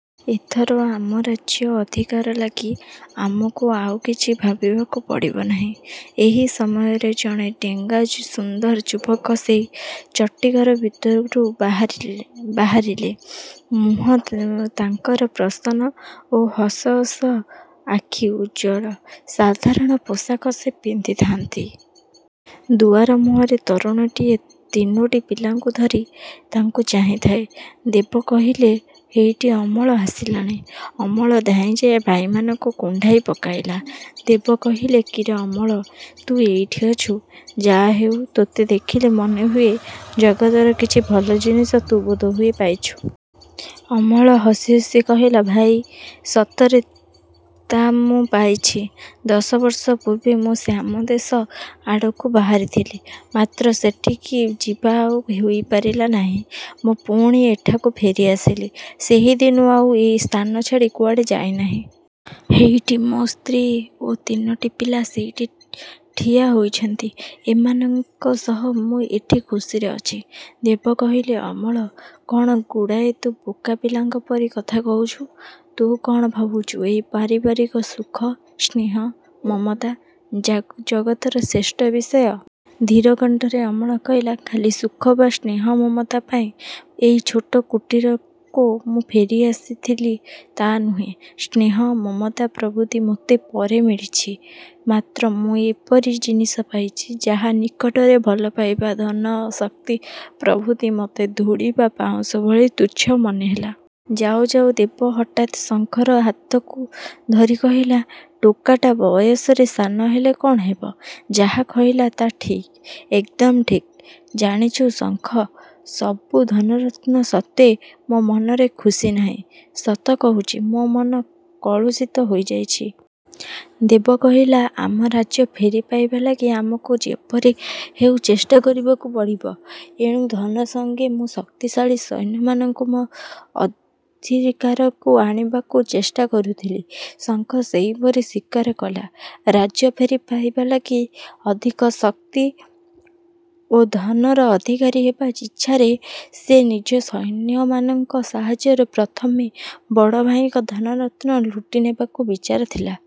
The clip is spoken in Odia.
ଏଥର ଆମ ରାଜ୍ୟ ଅଧିକାର ଲାଗି ଆମକୁ ଆଉ କିଛି ଭାବିବାକୁ ପଡ଼ିବ ନାହିଁ। ଏହି ସମୟରେ ଜଣେ ଡେଙ୍ଗା ସୁନ୍ଦର ଯୁବକ ସେଇ ଚଟିଘର ଭିତରୁ ବାହାରିଲେ ବାହାରିଲେ। ମୁହଁ ତାଙ୍କର ପ୍ରସନ୍ନ ଓ ହସ ହସ, ଆଖି ଉଜ୍ଜ୍ୱଳ। ସାଧାରଣ ପୋଷାକ ସେ ପିନ୍ଧିଥାନ୍ତି। ଦୁଆର ମୁହଁରେ ତରୁଣୀଟିଏ ତିନୋଟି ପିଲାଙ୍କୁ ଧରି ତାଙ୍କୁ ଚାହିଁ ଥାଏ। ଦେବ କହିଲେ, ହେଇଟି ଅମଳ ଆସିଲାଣି। ଅମଳ ଧାଇଁ ଯାଇ ଭାଇମାନଙ୍କୁ କୁଣ୍ଢାଇ ପକାଇଲା। ଦେବ କହିଲେ, କିରେ ଅମଳ, ତୁ ଏଇଠି ଅଛୁ। ଯା ହେଉ, ତୋତେ ଦେଖିଲେ ମନେହୁଏ ଜଗତର କିଛି ଭଲ ଜିନିଷ ତୁ ବୋଧହୁଏ ପାଇଛୁ। ଅମଳ ହସି ହସି କହିଲା, ଭାଇ, ସତରେ ତା ମୁଁ ପାଇଛି। ଦଶ ବର୍ଷ ପୂର୍ବେ ମୁଁ ଶ୍ୟାମଦେଶ ଆଡ଼କୁ ବାହାରିଥିଲି; ମାତ୍ର ସେଠିକି ଯିବା ଆଉ ହୋଇପାରିଲା ନାହିଁ। ମୁଁ ପୁଣି ଏଠାକୁ ଫେରିଆସିଲି। ସେହିଦିନୁ ଆଉ ଏଇ ସ୍ଥାନ ଛାଡ଼ି କୁଆଡ଼େ ଯାଇନାହିଁ। ହେଇଟି, ମୋ ସ୍ତ୍ରୀ ଓ ତିନୋଟି ପିଲା ସେଇଠି ଠିଆ ହୋଇଛନ୍ତି। ଏଇମାନଙ୍କ ସହ ମୁଁ ଏଠି ଖୁସିରେ ଅଛି। ଦେବ କହିଲେ, ଅମଳ, କ'ଣ ଗୁଡ଼ାଏ ତୁ ବୋକା ପିଲାଙ୍କ ପରି କଥା କହୁଛୁ? ତୁ କ'ଣ ଭାବୁଛୁ ଏଇ ପାରିବାରିକ ସୁଖ, ସ୍ନେହ, ମମତା ଜା ଜଗତର ଶ୍ରେଷ୍ଠ ବିଷୟ। ଧୀର କଣ୍ଠରେ ଅମଳ କହିଲା, ଖାଲି ସୁଖ ବା ସ୍ନେହ ମମତା ପାଇଁ ଏହି ଛୋଟ କୁଟିରକୁ ମୁଁ ଫେରିଆସିଥିଲି ତା' ନୁହେଁ। ସ୍ନେହ, ମମତା ପ୍ରଭୃତି ମୋତେ ପରେ ମିଳିଛି; ମାତ୍ର ମୁଁ ଏପରି ଜିନିଷ ପାଇଛି, ଯାହା ନିକଟରେ ଭଲପାଇବା, ଧନ, ଶକ୍ତି ପ୍ରଭୃତି ମୋତେ ଧୂଳି ବା ପାଉଁଶ ଭଳି ତୁଚ୍ଛ ମନେହେଲା। ଯାଉ ଯାଉ ଦେବ ହଠାତ୍ ଶଙ୍ଖର ହାତକୁ ଧରି କହିଲା, ଟୋକାଟା ବୟସରେ ସାନ ହେଲେ କ'ଣ ହେବ, ଯାହା କହିଲା ତା ଠିକ୍, ଏକଦମ୍ ଠିକ୍। ଜାଣିଛୁ ଶଙ୍ଖ, ସବୁ ଧନରତ୍ନ ସତ୍ତ୍ୱେ ମୋ ମନରେ ସୁଖ ନାହିଁ। ସତ କହୁଛି ମୋ ମନ କଳୁଷିତ ହୋଇଯାଇଛି। ଦେବ କହିଲା, ଆମ ରାଜ୍ୟ ଫେରି ପାଇବା ଲାଗି ଆମକୁ ଯେପରି ହେଉ ଚେଷ୍ଟା କରିବାକୁ ପଡ଼ିବ। ଏଣୁ ଧନ ସଙ୍ଗେ ମୁଁ ଶକ୍ତିଶାଳୀ ସୈନ୍ୟମାନଙ୍କୁ ମୋ ଅଧିକାରକୁ ଆଣିବାକୁ ଚେଷ୍ଟା କରୁଥିଲି। ଶଙ୍ଖ ସେହିପରି ସ୍ୱୀକାର କଲା, ରାଜ୍ୟ ଫେରି ପାଇବା ଲାଗି ଅଧିକ ଶକ୍ତି ଓ ଧନର ଅଧିକାରୀ ହେବା ଇଚ୍ଛାରେ ସେ ନିଜ ସୈନ୍ୟମାନଙ୍କ ସାହାଯ୍ୟରେ ପ୍ରଥମେ ବଡ଼ ଭାଇଙ୍କ ଧନରତ୍ନ ଲୁଟିନେବାକୁ ବିଚାରି ଥିଲା।